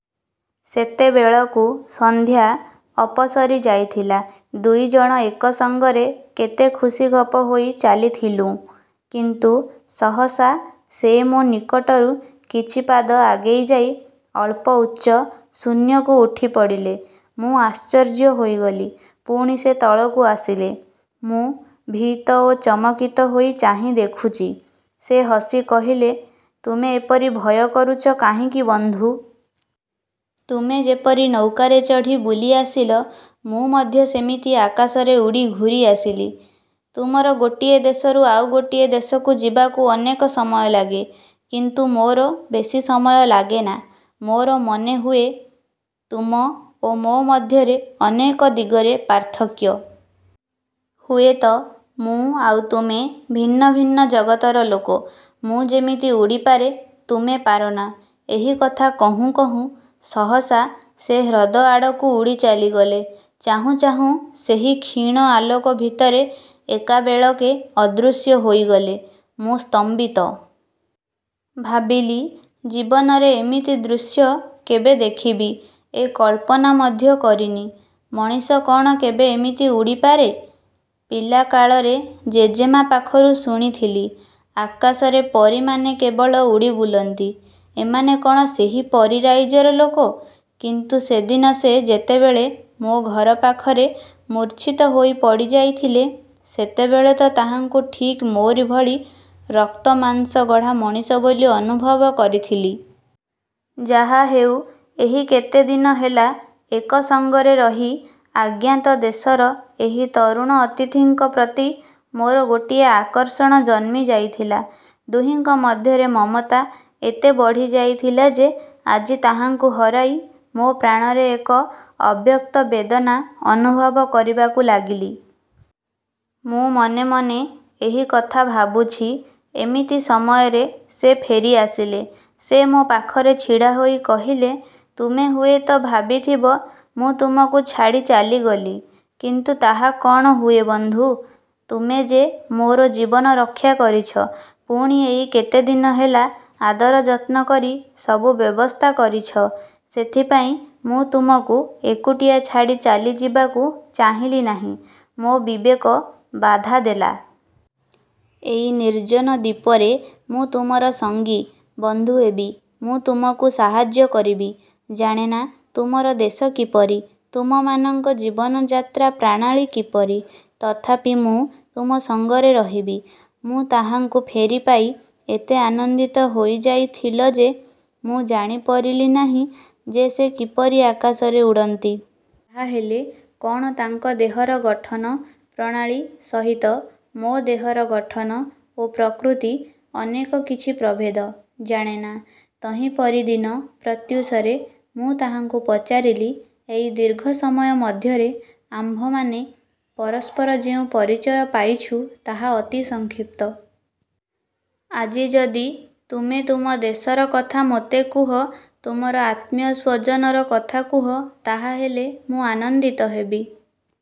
ସେତେବେଳକୁ ସନ୍ଧ୍ୟା ଅପସରିଯାଇଥିଲା। ଦୁଇ ଜଣ ଏକ ସଙ୍ଗରେ କେତେ ଖୁସି ଗପ ହୋଇ ଚାଲିଥିଲୁଁ। କିନ୍ତୁ ସହସା ସେ ମୋ ନିକଟରୁ କିଛି ପାଦ ଆଗେଇଯାଇ ଅଳ୍ପ ଉଚ୍ଚ ଶୂନ୍ୟକୁ ଉଠିପଡ଼ିଲେ। ମୁଁ ଆଶ୍ଚର୍ଯ୍ୟ ହୋଇଗଲି, ପୁଣି ସେ ତଳକୁ ଆସିଲେ। ମୁଁ ଭୀତ ଓ ଚମକିତ ହୋଇ ଚାହିଁ ଦେଖୁଛି, ସେ ହସି କହିଲେ, ''ତୁମେ ଏପରି ଭୟ କରୁଛ କାହିଁକି ବନ୍ଧୁ? ତୁମେ ଯେପରି ନୌକାରେ ଚଢ଼ି ବୁଲି ଆସିଲ, ମୁଁ ମଧ୍ୟ ସେମିତି ଆକାଶରେ ଉଡ଼ି ଘୂରି ଆସିଲି। ତୁମର ଗୋଟିଏ ଦେଶରୁ ଆଉ ଗୋଟିଏ ଦେଶକୁ ଯିବାକୁ ଅନେକ ସମୟ ଲାଗେ; କିନ୍ତୁ ମୋର ବେଶୀ ସମୟ ଲାଗେନା। ମୋର ମନେହୁଏ ତୁମ ଓ ମୋ ମଧ୍ୟରେ ଅନେକ ଦିଗରେ ପାର୍ଥକ୍ୟ। ହୁଏତ ମୁଁ ଆଉ ତୁମେ ଭିନ୍ନ ଭିନ୍ନ ଜଗତର ଲୋକ। ମୁଁ ଯେମିତି ଉଡ଼ିପାରେ, ତୁମେ ପାରନା,-ଏହି କଥା କହୁଁ କହୁଁ ସହସା ସେ ହ୍ରଦ ଆଡ଼କୁ ଉଡ଼ି ଚାଲିଗଲେ। ଚାହୁଁ ଚାହୁଁ ସେହି କ୍ଷୀଣ ଆଲୋକ ଭିତରେ ଏକାବେଳକେ ଅଦୃଶ୍ୟ ହୋଇଗଲେ। ମୁଁ ସ୍ତମ୍ଭିତ। ଭାବିଲି, ଜୀବନରେ ଏମିତି ଦୃଶ୍ୟ କେବେ ଦେଖିବି, ଏ କଳ୍ପନା ମଧ୍ୟ କରିନି। ମଣିଷ କ'ଣ କେବେ ଏମିତି ଉଡ଼ିପାରେ? ପିଲାକାଳରେ ଜେଜେମା' ପାଖରୁ ଶୁଣିଥିଲି, ଆକାଶରେ ପରୀମାନେ କେବଳ ଉଡ଼ିବୁଲନ୍ତି। ଏମାନେ କ'ଣ ସେହି ପରୀ ରାଇଜର ଲୋକ! କିନ୍ତୁ ସେଦିନ ସେ ଯେତେବେଳେ ମୋ ଘର ପାଖରେ ମୂର୍ଚ୍ଛିତ ହୋଇ ପଡ଼ିଯାଇଥିଲେ, ସେତେବେଳେ ତ ତାହାଙ୍କୁ ଠିକ୍ ମୋରି ଭଳି ରକ୍ତମାଂସ ଗଢ଼ା ମଣିଷ ବୋଲି ଅନୁଭବ କରିଥିଲି। ଯାହାହେଉ ଏହି କେତେଦିନ ହେଲା ଏକ ସଙ୍ଗରେ ରହି ଆଜ୍ଞାତ ଦେଶର ଏହି ତରୁଣ ଅତିଥିଙ୍କ ପ୍ରତି ମୋର ଗୋଟିଏ ଆକର୍ଷଣ ଜନ୍ମି ଯାଇଥିଲା। ଦୁହିଁଙ୍କ ମଧ୍ୟରେ ମମତା ଏତେ ବଢ଼ିଯାଇଥିଲା ଯେ ଆଜି ତାହାଙ୍କୁ ହରାଇ ମୋ ପ୍ରାଣରେ ଏକ ଅବ୍ୟକ୍ତ ବେଦନା ଅନୁଭବ କରିବାକୁ ଲାଗିଲି। ମୁଁ ମନେ ମନେ ଏହି କଥା ଭାବୁଛି, ଏମିତି ସମୟରେ ସେ ଫେରିଆସିଲେ। ସେ ମୋ ପାଖରେ ଛିଡ଼ା ହୋଇ କହିଲେ, ''ତୁମେ ହୁଏତ ଭାବିଥିବ, ମୁଁ ତୁମକୁ ଛାଡ଼ି ଚାଲିଗଲି। କିନ୍ତୁ ତାହା କ'ଣ ହୁଏ ବନ୍ଧୁ! ତୁମେ ଯେ ମୋର ଜୀବନ ରକ୍ଷା କରିଛ, ପୁଣି ଏଇ କେତେଦିନ ହେଲା ଆଦର ଯତ୍ନ କରି ସବୁ ବ୍ୟବସ୍ଥା କରିଛ, ସେଥିପାଇଁ ମୁଁ ତୁମକୁ ଏକୁଟିଆ ଛାଡ଼ି ଚାଲିଯିବାକୁ ଚାହିଁଲି ନାହିଁ, ମୋ ବିବେକ ବାଧା ଦେଲା। ଏଇ ନିର୍ଜନ ଦ୍ୱୀପରେ ମୁଁ ତୁମର ସଙ୍ଗୀ, ବନ୍ଧୁ ହେବି, ମୁଁ ତୁମକୁ ସାହାଯ୍ୟ କରିବି। ଜାଣେନା ତୁମର ଦେଶ କିପରି, ତୁମମାନଙ୍କ ଜୀବନ ଯାତ୍ରା ପ୍ରାଣାଳୀ କିପରି, ତଥାପି ମୁଁ ତୁମ ସଙ୍ଗରେ ରହିବି। '' ମୁଁ ତାହାଙ୍କୁ ଫେରିପାଇ ଏତେ ଆନନ୍ଦିତ ହୋଇଯାଇଥିଲ ଯେ, ମୁଁ ଜାଣିପରିଲି ନାହିଁ ଯେ ସେ କିପରି ଆକାଶରେ ଉଡ଼ନ୍ତି। ତାହାହେଲେ କ'ଣ ତାଙ୍କ ଦେହର ଗଠନ ପ୍ରଣାଳୀ ସହିତ ମୋ ଦେହର ଗଠନ ଓ ପ୍ରକୃତି ଅନେକ କିଛି ପ୍ରଭେଦ,-ଜାଣେନା। ତହିଁ ପରିଦିନ ପ୍ରତ୍ୟୁଷରେ ମୁଁ ତାହାଙ୍କୁ ପଚାରିଲି, ''ଏଇ ଦୀର୍ଘ ସମୟ ମଧ୍ୟରେ ଆମ୍ଭମାନେ ପରସ୍ପର ଯେଉଁ ପରିଚୟ ପାଇଛୁ, ତାହା ଅତି ସଂକ୍ଷିପ୍ତ। ଆଜି ଯଦି ତୁମେ ତୁମ ଦେଶର କଥା ମୋତେ କୁହ, ତୁମର ଆତ୍ମୀୟସ୍ୱଜନର କଥା କୁହ, ତାହାହେଲେ ମୁଁ ଆନନ୍ଦିତ ହେବି-।